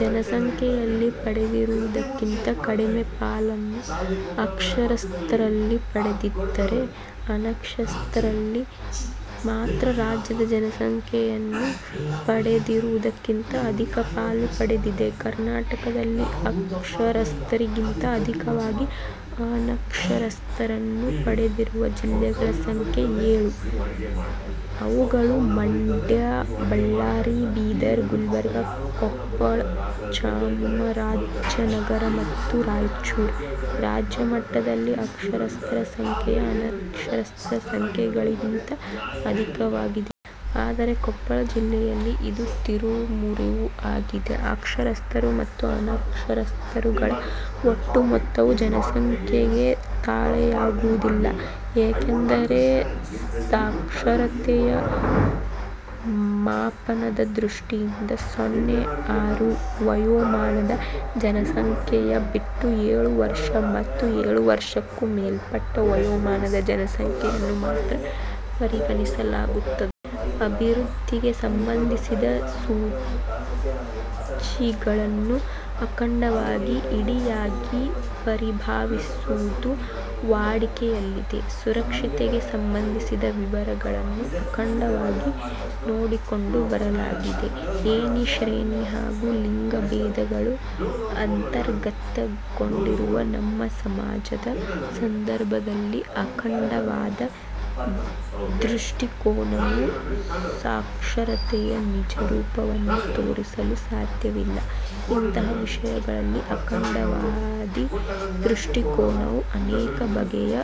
ಜನ ಸಂಖ್ಯೆಯಲ್ಲಿ ಪಡೆದಿರುವುದಕ್ಕಿಂತ ಕಡಿಮೆ ಪಾಲನ್ನು ಅಕ್ಷರಸ್ಥರಲ್ಲಿ ಪಡೆದಿದ್ದರೆ ಅನಕ್ಷರಸ್ಥರಲ್ಲಿ ಮಾತ್ರ ರಾಜ್ಯದ ಜನಸಂಖ್ಯೆಯನ್ನು ಪಡೆದಿರುವುದಕ್ಕಿಂತ ಅಧಿಕ ಪಾಲು ಪಡೆದಿದೆ. ಕರ್ನಾಟಕದಲ್ಲಿ ಅಕ್ಷರಸ್ಥರಿಗಿಂತ ಅಧಿಕವಾಗಿ ಅನಕ್ಷರಸ್ಥರನ್ನು ಪಡೆದಿರುವ ಜಿಲ್ಲೆಗಳ ಸಂಖ್ಯೆ ಏಳು. ಅವುಗಳು ಮಂಡ್ಯ, ಬಳ್ಳಾರಿ, ಬೀದರ, ಗುಲಬರ್ಗ, ಕೊಪ್ಪಳ, ಚಾಮರಾಜನಗರ ಮತ್ತು ರಾಯಚೂರು. ರಾಜ್ಯಮಟ್ಟದಲ್ಲಿ ಅಕ್ಷರಸ್ಥರ ಸಂಖ್ಯೆಯು ಅನಕ್ಷರಸ್ಥರ ಸಂಖ್ಯೆಗಿಂತ ಅಧಿಕವಾಗಿದೆ. ಆದರೆ ಕೊಪ್ಪಳ ಜಿಲ್ಲೆಯಲ್ಲಿ ಇದು ತಿರುವು ಮುರುವು ಆಗಿದೆ. ಅಕ್ಷರಸ್ಥರು ಮತ್ತು ಅನಕ್ಷರಸ್ಥರುಗಳ ಒಟ್ಟು ಮೊತ್ತವು ಜನಸಂಖ್ಯೆಗೆ ತಾಳೆಯಾಗುವುದಿಲ್ಲ. ಏಕೆಂದರೆ ಸಾಕ್ಷರತೆಯ ಮಾಪನದ ದೃಷ್ಟಿಯಿಂದ ಸೊನ್ನೆ – ಆರು ವಯೋಮಾನದ ಜನಸಂಖ್ಯೆಯ ಬಿಟ್ಟು ಎಳು ವರ್ಷ ಮತ್ತುಎಳು ವರ್ಷಕ್ಕೂ ಮೇಲ್ಪಟ್ಟ ವಯೋಮಾನದ ಜನಸಂಖ್ಯೆಯನ್ನು ಮಾತ್ರ ಪರಿಗಣಿಸಲಾಗುತ್ತದೆ. ಅಭಿವೃದ್ಧಿಗೆ ಸಂಬಂಧಿಸಿದ ಸೂಚಿಗಳನ್ನು ಅಖಂಡವಾಗಿ ಇಡಿಯಾಗಿ ಪರಿಭಾವಿಸುವುದು ವಾಡಿಕೆಯಲ್ಲಿದೆ. ಸಾಕ್ಷರತೆಗೆ ಸಂಬಂಧಿಸಿದ ವಿವರಗಳನ್ನು 'ಅಖಂಡ'ವಾಗಿ ನೋಡಿಕೊಂಡು ಬರಲಾಗಿದೆ. ಏಣಿ ಶ್ರೇಣಿ ಹಾಗೂ ಲಿಂಗಭೇದಗಳು ಅಂತರ್ಗತಗೊಂಡಿರುವ ನಮ್ಮ ಸಮಾಜದ ಸಂದರ್ಭದಲ್ಲಿ ಅಖಂಡವಾದಿ ದೃಷ್ಟಿಕೋನವು ಸಾಕ್ಷರತೆಯ ನಿಜರೂಪವನ್ನು ತೋರಿಸಲು ಸಾಧ್ಯವಿಲ್ಲ. ಇಂತಹ ವಿಷಯಗಳಲ್ಲಿ ಅಖಂಡವಾದಿ ದೃಷ್ಟಿಕೋನವು ಅನೇಕ ಬಗೆಯ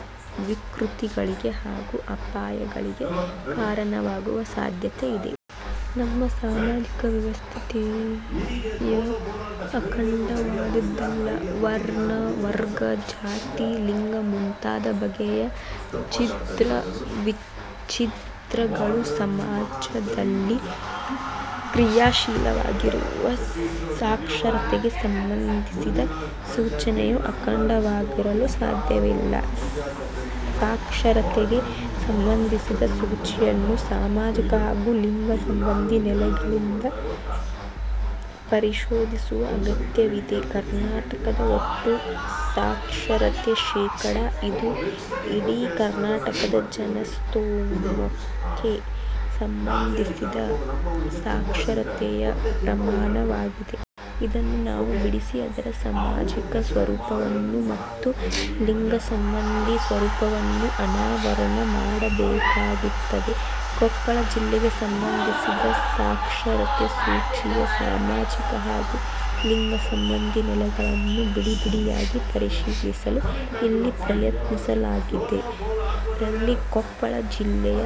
ವಿಕೃತಿಗಳಿಗೆ ಹಾಗೂ ಅಪಾಯಗಳಿಗೆ ಕಾರಣವಾಗುವ ಸಾಧ್ಯತೆ ಇದೆ. ನಮ್ಮ ಸಾಮಾಜಿಕ ವ್ಯವಸ್ಥೆಯೇ ಅಖಂಡವಾದುದಲ್ಲ. ವರ್ಣ, ವರ್ಗ, ಜಾತಿ – ಲಿಂಗ ಮುಂತಾದ ಬಗೆಯ ಛಿದ್ರ ವಿಚ್ಛಿದ್ರತೆಗಳು ಸಮಾಜದಲ್ಲಿ ಕ್ರಿಯಾಶೀಲವಾಗಿರುವ ಸಾಕ್ಷರತೆಗೆ ಸಂಬಂಧಿಸಿದ ಸೂಚಿಯು ಅಖಂಡವಾಗಿರಲು ಸಾಧ್ಯವಿಲ್ಲ. ಸಾಕ್ಷರತೆಗೆ ಸಂಬಂಧಿಸಿದ ಸೂಚಿಯನ್ನು ಸಾಮಾಜಿಕ ಹಾಗೂ ಲಿಂಗ ಸಂಬಂಧಿ ನೆಲೆಗಳಿಂದ ಪರಿಶೋಧಿಸುವ ಅಗತ್ಯವಿದೆ. ಕರ್ನಾಟಕದ ಒಟ್ಟು ಸಾಕ್ಷರತೆ ಶೇಕಡಾ ಇದು ಇಡೀ ಕರ್ನಾಟಕದ ಜನಸ್ತೋಮಕ್ಕೆ ಸಂಬಂಧಿಸಿದ ಸಾಕ್ಷರತೆಯ ಪ್ರಮಾಣವಾಗಿದೆ. ಇದನ್ನು ನಾವು ಬಿಡಿಸಿ ಅದರ ಸಾಮಾಜಿಕ ಸ್ವರೂಪವನ್ನು ಮತ್ತು ಲಿಂಗಸಂಬಂಧಿ ಸ್ವರೂಪವನ್ನು ಅನಾವರಣ ಮಾಡಬೇಕಾಗುತ್ತದೆ. ಕೊಪ್ಪಳ ಜಿಲ್ಲೆಗೆ ಸಂಬಂಧಿಸಿದ ಸಾಕ್ಷರತೆ ಸೂಚಿಯ ಸಾಮಾಜಿಕ ಹಾಗೂ ಲಿಂಗಸಂಬಂಧಿ ನೆಲೆಗಳನ್ನು ಬಿಡಿಬಿಡಿಯಾಗಿ ಪರಿಶೀಲಿಸಲು ಇಲ್ಲಿ ಪ್ರಯತ್ನಿಸಲಾಗಿದೆ. ರಲ್ಲಿ ಕೊಪ್ಪಳ ಜಿಲ್ಲೆಯ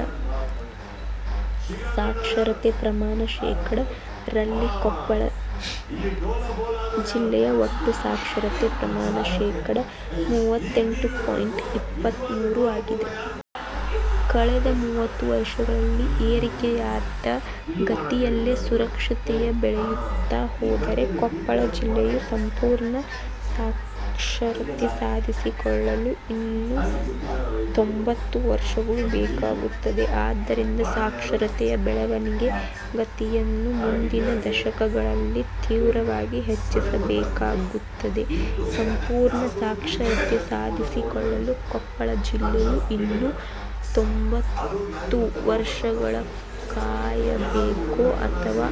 ಸಾಕ್ಷರತೆ ಪ್ರಮಾಣ ಶೇಕಡಾ ರಲ್ಲಿ ಕೊಪ್ಪಳ ಜಿಲ್ಲೆಯ ಒಟ್ಟು ಸಾಕ್ಷರತೆ ಪ್ರಮಾಣ ಶೇಕಡಾ ಮೂವತ್ತೆಂಟು ಪಾಯಿಂಟ್ ಇಪ್ಪತ್ತ ಮೂರು ಆಗಿದೆ. ಕಳೆದ ಮೂವತ್ತು ವರ್ಷಗಳಲ್ಲಿ ಏರಿಕೆಯಾದ ಗತಿಯಲ್ಲೇ ಸಾಕ್ಷರತೆಯು ಬೆಳೆಯುತ್ತಾ ಹೋದರೆ ಕೊಪ್ಪಳ ಜಿಲ್ಲೆಯು ಸಂಪೂರ್ಣ ಸಾಕ್ಷರತೆ ಸಾಧಿಸಿಕೊಳ್ಳಲು ಇನ್ನು ತೊಂಭತ್ತು ವರ್ಷಗಳು ಬೇಕಾಗುತ್ತವೆ. ಆದ್ದರಿಂದ ಸಾಕ್ಷರತೆಯ ಬೆಳವಣಿಗೆ ಗತಿಯನ್ನು ಮುಂದಿನ ದಶಕಗಳಲ್ಲಿ ತೀವ್ರವಾಗಿ ಹೆಚ್ಚಿಸಬೇಕಾಗುತ್ತದೆ. ಸಂಪೂರ್ಣ ಸಾಕ್ಷರತೆ ಸಾಧಿಸಿಕೊಳ್ಳಲು ಕೊಪ್ಪಳ ಜಿಲ್ಲೆಯು ಇನ್ನು ತೊಂಭತ್ತು ವರ್ಷಗಳು ಕಾಯಬೇಕೊ ಅಥವಾ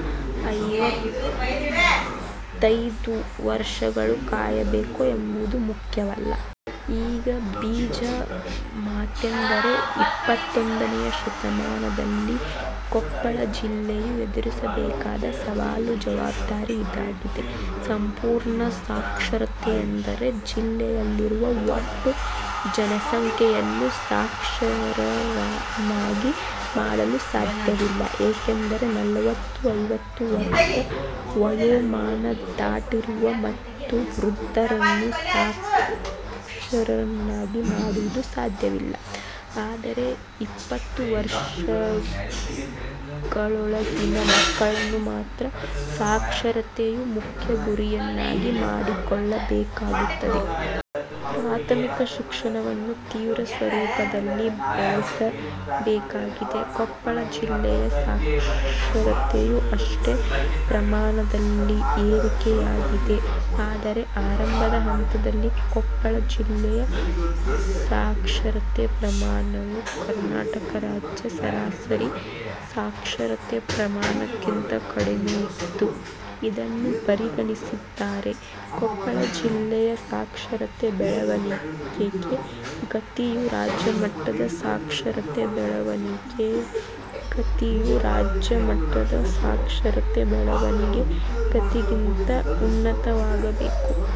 ಐವತ್ತೈದು ವರ್ಷಗಳು ಕಾಯಬೇಕೊ ಎಂಬುದು ಮುಖ್ಯವಲ್ಲ. ಈಗ ಬೀಜ ಮಾತೆಂದರೆ ಇಪ್ಪತ್ತೊಂದನೆಯ ಶತಮಾನದಲ್ಲಿ ಕೊಪ್ಪಳ ಜಿಲ್ಲೆಯು ಎದುರಿಸಬೇಕಾದ ಸವಾಲು ಜವಾಬ್ದಾರಿ ಇದಾಗಿದೆ. ಸಂಪೂರ್ಣ ಸಾಕ್ಷರತೆಯೆಂದರೆ ಜಿಲ್ಲೆಯಲ್ಲಿರುವ ಒಟ್ಟು ಜನಸಂಖ್ಯೆಯನ್ನು ಸಾಕ್ಷರರನ್ನಾಗಿ ಮಾಡಲು ಸಾಧ್ಯವಿಲ್ಲ. ಏಕೆಂದರೆ ನಲವತ್ತು – ಐವತ್ತು ವರ್ಷ ವಯೋಮಾನ ದಾಟಿರುವ ಮತ್ತು ವೃದ್ಧರನ್ನು ಸಾಕ್ಷರರನ್ನಾಗಿ ಮಾಡುವುದು ಸಾಧ್ಯವಿಲ್ಲ. ಆದರೆ ಇಪ್ಪತ್ತು ವರ್ಷಗಳೊಳಗಿನ ಮಕ್ಕಳನ್ನು ಮಾತ್ರ ಸಾಕ್ಷರತೆಯು ಮುಖ್ಯ ಗುರಿಯನ್ನಾಗಿ ಮಾಡಿಕೊಳ್ಳಬೇಕಾಗುತ್ತದೆ. ಪ್ರಾಥಮಿಕ ಶಿಕ್ಷಣವನ್ನು ತೀವ್ರ ಸ್ವರೂಪದಲ್ಲಿ ಬೆಳೆಸಬೇಕಾಗಿದೆ. ಕೊಪ್ಪಳ ಜಿಲ್ಲೆಯ ಸಾಕ್ಷರತೆಯೂ ಅಷ್ಟೆ ಪ್ರಮಾಣದಲ್ಲಿ ಏರಿಕೆಯಾಗಿದೆ. ಆದರೆ ಆರಂಭದ ಹಂತದಲ್ಲಿ ಕೊಪ್ಪಳ ಜಿಲ್ಲೆಯ ಸಾಕ್ಷರತೆ ಪ್ರಮಾಣವು ಕರ್ನಾಟಕ ರಾಜ್ಯ ಸರಾಸರಿ ಸಾಕ್ಷರತೆ ಪ್ರಮಾಣಕ್ಕಿಂತ ಕಡಿಮೆ ಇತ್ತು. ಇದನ್ನು ಪರಿಗಣಿಸಿದ್ದಾದರೆ ಕೊಪ್ಪಳ ಜಿಲ್ಲೆಯ ಸಾಕ್ಷರತೆ ಬೆಳವಣಿಗೆ ಗತಿಯು ರಾಜ್ಯ ಮಟ್ಟದ ಸಾಕ್ಷರತೆ ಬೆಳವಣಿಗೆ ಗತಿಯು ರಾಜ್ಯ ಮಟ್ಟದ ಸಾಕ್ಷರತೆ ಬೆಳವಣಿಗೆ ಗತಿಗಿಂತ ಉನ್ನತವಾಗಬೇಕು.